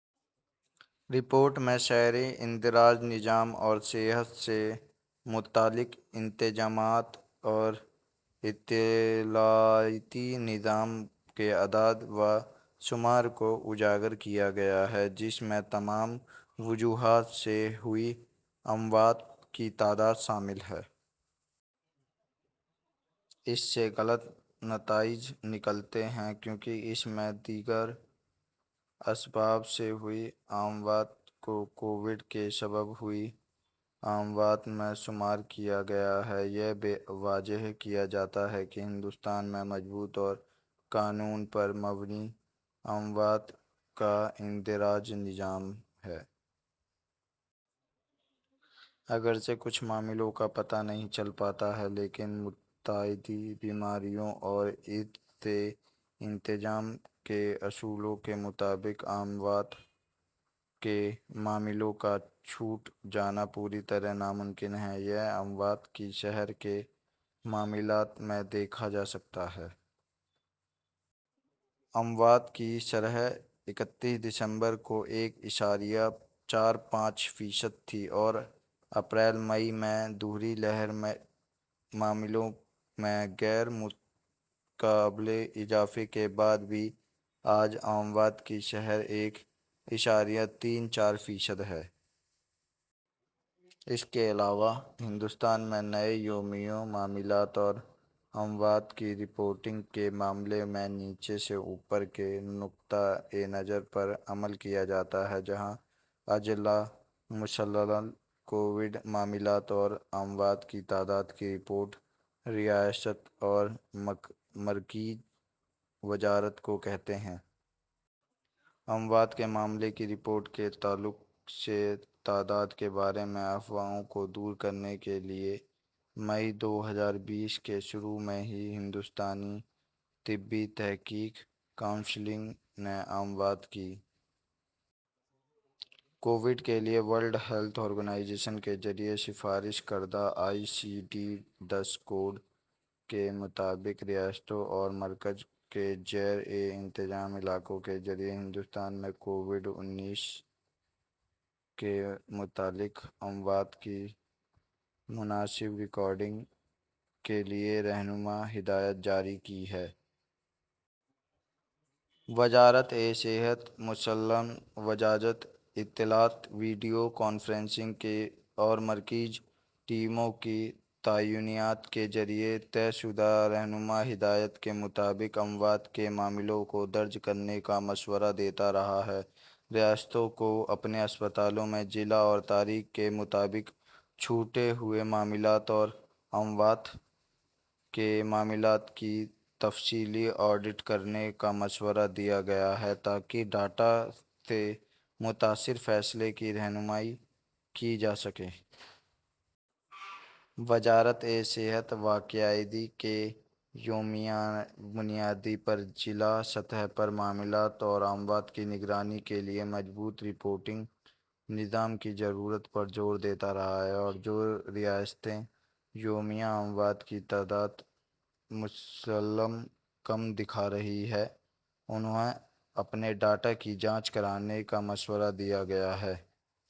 Report میں شہری اندراج نظام اور صحت سے متعلق انتظامات و اطلاعاتی نظام کے اعداد و شمار کو اجاگر کیا گیا ہے جس میں تمام وجوہات سے ہوئی اموات کی تعداد شامل ہے۔ اس سے غلط نتائج نکلتے ہیں کیونکہ اس میں دیگر اسباب سے ہوئی اموات کو کووڈ کے سبب ہوئی اموات میں شمار کیا گیا ہے۔ یہ واضح کیا جاتا ہے کہ ہندوستان میں مضبوط اور قانون پر مبنی اموات کا اندراج نظام ہے۔ اگرچہ کچھ معاملوں کا پتہ نہیں چل پاتا ہے لیکن متعدی بیماریوں اور اس کے انتظام کے اصولوں کے مطابق اموات کے معاملوں کا چھوٹ جانا پوری طرح ناممکن ہے۔ یہ اموات کی شرح کے معاملات میں دیکھا جا سکتا ہے۔ اموات کی شرح اکتیس دسمبر کو ایک اشاریہ چار پانچ فیصد تھی اور اپریل مئی میں دوسری لہر میں معاملوں میں غیر متوقع اضافے کے بعد بھی آج اموات کی شرح ایک اشاریہ تین چار فیصد ہے۔ اس کے علاوہ ہندوستان میں نئے یومیہ معاملات اور اموات کی رپورٹنگ کے معاملے میں نیچے سے اوپر کے نقطہ نظر پر عمل کیا جاتا ہے جہاں اضلاع مسلسل کووڈ معاملوں اور اموات کی تعداد کی رپورٹ ریاست اور مرکزی وزارت کو کرتے ہیں۔ اموات کے معاملے کی رپورٹ کے تعلق سے تعداد کے بارے میں افواہوں کو دور کرنے کے لیے مئی دو ہزار بیس کے شروع میں ہی ہندوستانی طبی تحقیق کونسل نے اموات کی کوڈنگ کے لیے ورلڈ ہیلتھ آرگنائزیشن کے ذریعہ سفارش کردہ آئی سی ڈی دس کوڈ کے مطابق ریاستوں اور مرکز کے زیر انتظام علاقوں کے ذریعہ ہندوستان میں کووڈ انیس سے متعلق اموات کی مناسب ریکارڈنگ کے لیے رہنما ہدایات جاری کی ہیں۔ وزارت صحت مسلسل باضابطہ اطلاعات ویڈیو کانفرنسنگ اور مرکزی ٹیموں کی تعیناتی کے ذریعہ طے شدہ رہنما ہدایات کے مطابق اموات کے معاملوں کو درج کرنے کا مشورہ دیتا رہا ہے۔ ریاستوں کو اپنے اسپتالوں میں ضلع اور تاریخ کے مطابق چھوٹے ہوئے معاملات اور اموات کے معاملات کی تفصیلی آڈٹ کرانے کا مشورہ دیا گیا ہے تاکہ ڈاٹا سے متاثر فیصلے کی رہنمائی کی جا سکے۔ وزارت صحت باقاعدگی سے یومیہ بنیاد پر ضلع سطح پر معاملات اور اموات کی نگرانی کے لیے مضبوط رپورٹنگ نظام کی ضرورت پر زور دیتا رہا ہے۔ جو ریاستیں یومیہ اموات کی تعداد مسلسل کم دکھا رہی ہیں انہیں اپنے ڈاٹا کی جانچ کرانے کا مشورہ دیا گیا ہے۔